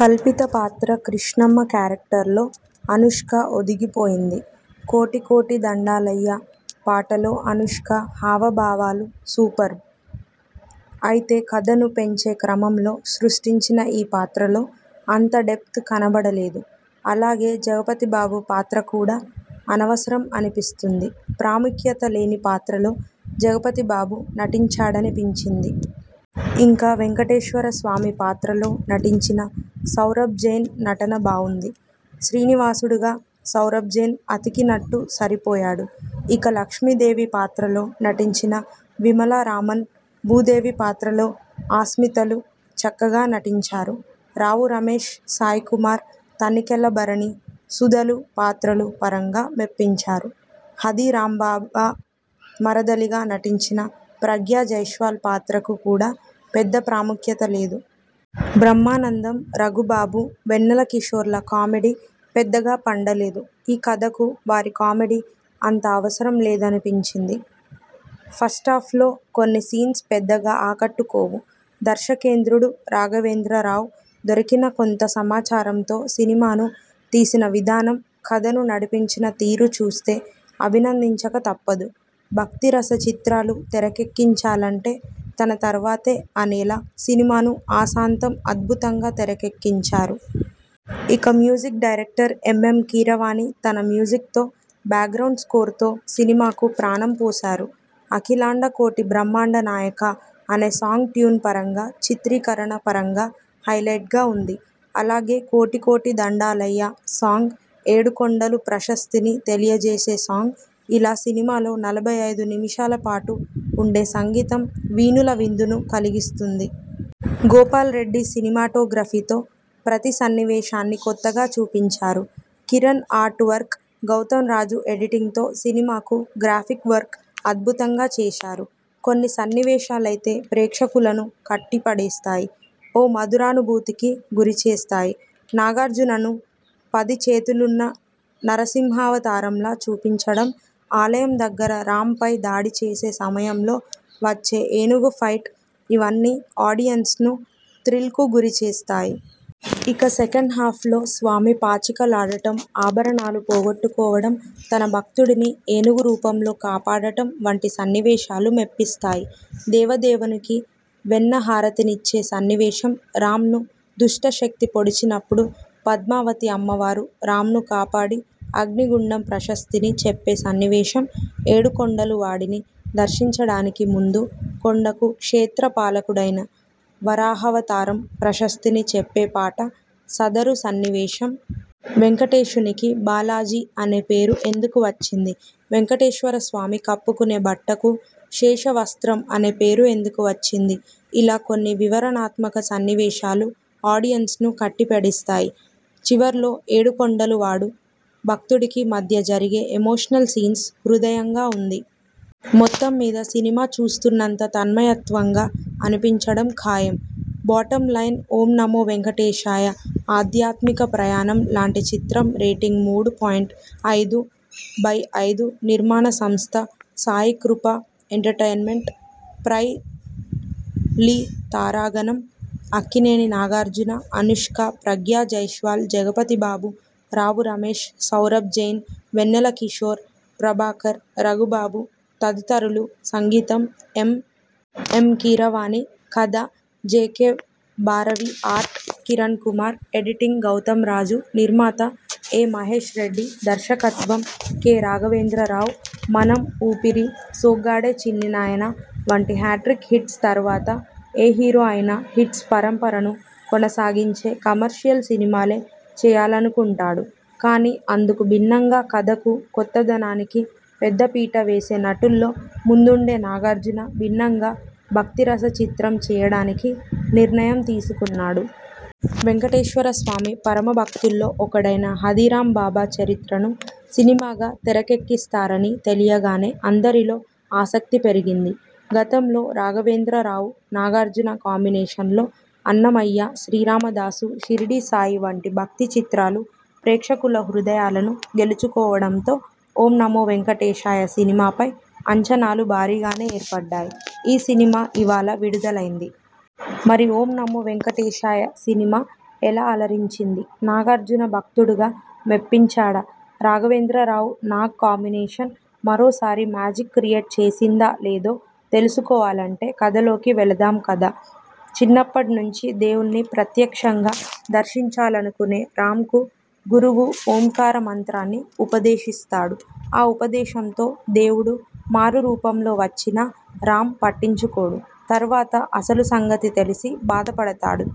కల్పిత పాత్ర కృష్ణమ్మ క్యారెక్టర్లో అనుష్క ఒదిగిపోయింది. కోటి కోటి దండాలయ్య పాటలో అనుష్క హావభావాలు సూపర్బ్. అయితే కథను పెంచే క్రమంలోసృష్టించిన ఈ పాత్రలో అంత డెప్త్ కనపడలేదు. అలాగే జగపతిబాబు పాత్ర కూడా అనవరసం అనిపిస్తుంది. ప్రాముఖ్యత లేని పాత్రలో జగపతిబాబు నటించాడనిపించింది. ఇక వెంకటేశ్వర స్వామి పాత్రలో నటించిన సౌరభ్ జైన్ నటన బావుంది. శ్రీనివాసుడుగా సౌరభ్జైన్ అతికినట్టు సరిపోయాడు. ఇక లక్ష్మీదేవి పాత్రలో నటించిన విమలారామన్, భూదేవి పాత్రలో ఆస్మితలు చక్కగా నటించారు. రావు రమేష్, సాయికుమార్, తనికెళ్ళభరణి, సుధలు పాత్రలు పరంగా మెప్పించారు. హథీరాంబాబా మరదలిగా నటించిన ప్రగ్యాజైశ్వాల్ పాత్రకు కూడా పెద్ద ప్రాముఖ్యతలేదు. బ్రహ్మానందం, రఘుబాబు, వెన్నెలకిషోర్ల కామెడి పెద్దగా పండలేదు. ఈ కథకు వారి కామెడి అంత అవసరం లేదనిపించింది. ఫస్టాఫ్లో కొన్ని సీన్స్ పెద్దగా ఆకట్టుకోవు. దర్శకేంద్రుడు రాఘవేంద్రరావు దొరికిన కొంత సమాచారంతో సినిమాను తీసిన విధానం, కథను నడిపించిన తీరు చూస్తే అభినందించక తప్పదు. భక్తిరస చిత్రాలు తెరకెక్కించాలంటే తన తర్వాతే అనేలా సినిమాను ఆసాంతం అద్భుతంగా తెరకెక్కించారు. ఇక music director M. M. Keeravani తన మ్యూజిక్తో, బ్యాక్గ్రౌండ్ స్కోర్తో సినిమాకు ప్రాణం పోశారు. అఖిలాండ కోటి బ్రహ్మాండ నాయకా.. అనే సాంగ్ ట్యూన్ పరంగా, చిత్రీకరణ పరంగా హైలైట్గా ఉంది. అలాగే కోటి కోటి దండాలయ్యా.. సాంగ్, ఏడు కొండలు ప్రశస్తిని తెలియజేసే సాంగ్ ఇలా సినిమాలో నలభై ఐదు నిమిషాల పాటు ఉండే సంగీతం వీనుల విందును కలిగిస్తుంది. గోపాల్ రెడ్డి సినిమాటోగ్రఫీతో ప్రతి సన్నివేశాన్ని కొత్తగా చూపించారు. Kiran art work, Gautamraju editing తో సినిమాకు గ్రాఫిక్స్ వర్క్ అద్భుతంగా చేశారు. కొన్ని సన్నివేశాలైతే ప్రేక్షకులను కట్టిపడేస్తాయి. ఓ మధురానుభూతికి గురి చేస్తాయి. నాగార్జునను పది చేతులున్న నరసింహావతారంలా చూపించడం, ఆలయం దగ్గర రాంపై దాడి చేసే సమయంలో వచ్చే ఏనుగు ఫైట్ ఇవన్నీ ఆడియెన్స్ను థ్రిల్కు గురి చేస్తాయి. ఇక సెకండాఫ్లో స్వామి పాచికలాడటం, అభరణాలు పోగోట్టుకోవడం, తన భక్తుడిని ఏనుగు రూపంలో కాపాడటం వంటి సన్నివేశాలు మెప్పిస్తాయి. దేవదేవునికి వెన్న హారతినిచ్చే సన్నివేశం, రాంను దుష్టశక్తి పొడిచినప్పుడు పద్మావతి అమ్మవారు రాంను కాపాడి అగ్నిగుండం ప్రశస్తిని చెప్పే సన్నివేశం, ఏడు కొండలు వాడిని దర్శించడానికి ముందు కొండకు క్షేత్రపాలకుడైన వరాహవతారం ప్రశస్తిని చెప్పే పాట, సదరు సన్నివేశం., వెంకటేశునికి బాలాజీ అనే పేరు ఎందుకు వచ్చింది. వెంకటేశ్వరస్వామి కప్పుకునే బట్టకు శేష వస్త్రం అనే పేరు ఎందుకు వచ్చింది ఇలా కొన్ని వివరణాత్మక సన్నివేశాలు ఆడియెన్స్ను కట్టి పడేస్తాయి. చివర్లో ఏడు కొండలు వాడు, భక్తుడికి మధ్య జరిగే ఎమోషనల్ సీన్స్ హృద్యయంగా ఉంది. మొత్తం మీద సినిమా చూస్తున్నంత తన్మయత్వంగా అనిపించడం ఖాయం. బోటమ్ లైన్ ఓం నమో వేంకటేశాయ.. ఆధ్యాత్మిక ప్రయాణం లాంటి చిత్రం రేటింగ్ మూడు పాయింట్ ఐదు/ఐదునిర్మాణ సంస్థ సాయికృపా ఎంటర్టైన్మెంట్ ప్రై. లి. తారాగణం అక్కినేని నాగార్జున, అనుష్క, ప్రగ్యా జైశ్వాల్, జగపతిబాబు, రావు రమేష్, సౌరభ్ జైన్, వెన్నెల కిషోర్, ప్రభాకర్, రఘుబాబు తదితరులుసంగీతం ఎం. ఎం. కీరవాణికథ జె. కె. భారవిఆర్ట్ కిరణ్కుమార్ ఎడిటింగ్ గౌతంరాజునిర్మాత ఎ. మహేష్ రెడ్డిదర్శకత్వం కె. రాఘవేంద్రరావు మనం, ఊపిరి, సోగ్గాడే చిన్నినాయనా వంటి హ్యాట్రిక్ హిట్స్ తర్వాత ఏ హీరో అయినా హిట్స్ పరంపరను కొనసాగించే కమర్షియల్ సినిమాలే చేయాలనుకుంటాడు. కానీ అందుకు భిన్నంగా కథకు, కొత్తదనానికి పెద్దపీట వేసే నటుల్లో ముందుండే నాగార్జున భిన్నంగా భక్తిరస చిత్రం చేయడానికి నిర్ణయం తీసుకున్నాడు. వెంకటేశ్వర స్వామి పరమభక్తుల్లో ఒకడైన హథీరాంబాబా చరిత్రను సినిమాగా తెరకెక్కిస్తారని తెలియగానే అందరిలో ఆసక్తి పెరిగింది. గతంలో రాఘవేంద్రరావు, నాగార్జున కాంబినేషన్లో అన్నమయ్య, శ్రీరామదాసు, శిరిడీసాయి వంటి భక్తి చిత్రాలు ప్రేక్షకుల హృదయాలను గెలుచుకోవడంతో ఓం నమో వేంకటేశాయ సినిమాపై అంచనాలు భారీగానే ఏర్పడ్డాయి. ఈ సినిమా ఇవాళ విడుదలైంది. మరి ఓం నమోవేంకటేశాయ సినిమా ఎలా అలరించింది? నాగార్జున భక్తుడుగా మెప్పించాడా? రాఘవేంద్రరావు, నాగ్ కాంబినేషన్ మరోసారి మ్యాజిక్ క్రియేట్ చేసిందా లేదో తెలుసుకోవాలంటే కథలోకి వెళదాంకథ చిన్నప్పట్నుంచి దేవుణ్ణి ప్రత్యక్షంగా దర్శించాలనుకునే రాంకు గురువు ఓంకార మంత్రాన్ని ఉపదేశిస్తాడు. ఆ ఉపదేశంతో దేవుడు మారు రూపంలో వచ్చినా రాం పట్టించుకోడు. తర్వాత అసలు సంగతి తెలిసి బాధపడతాడు.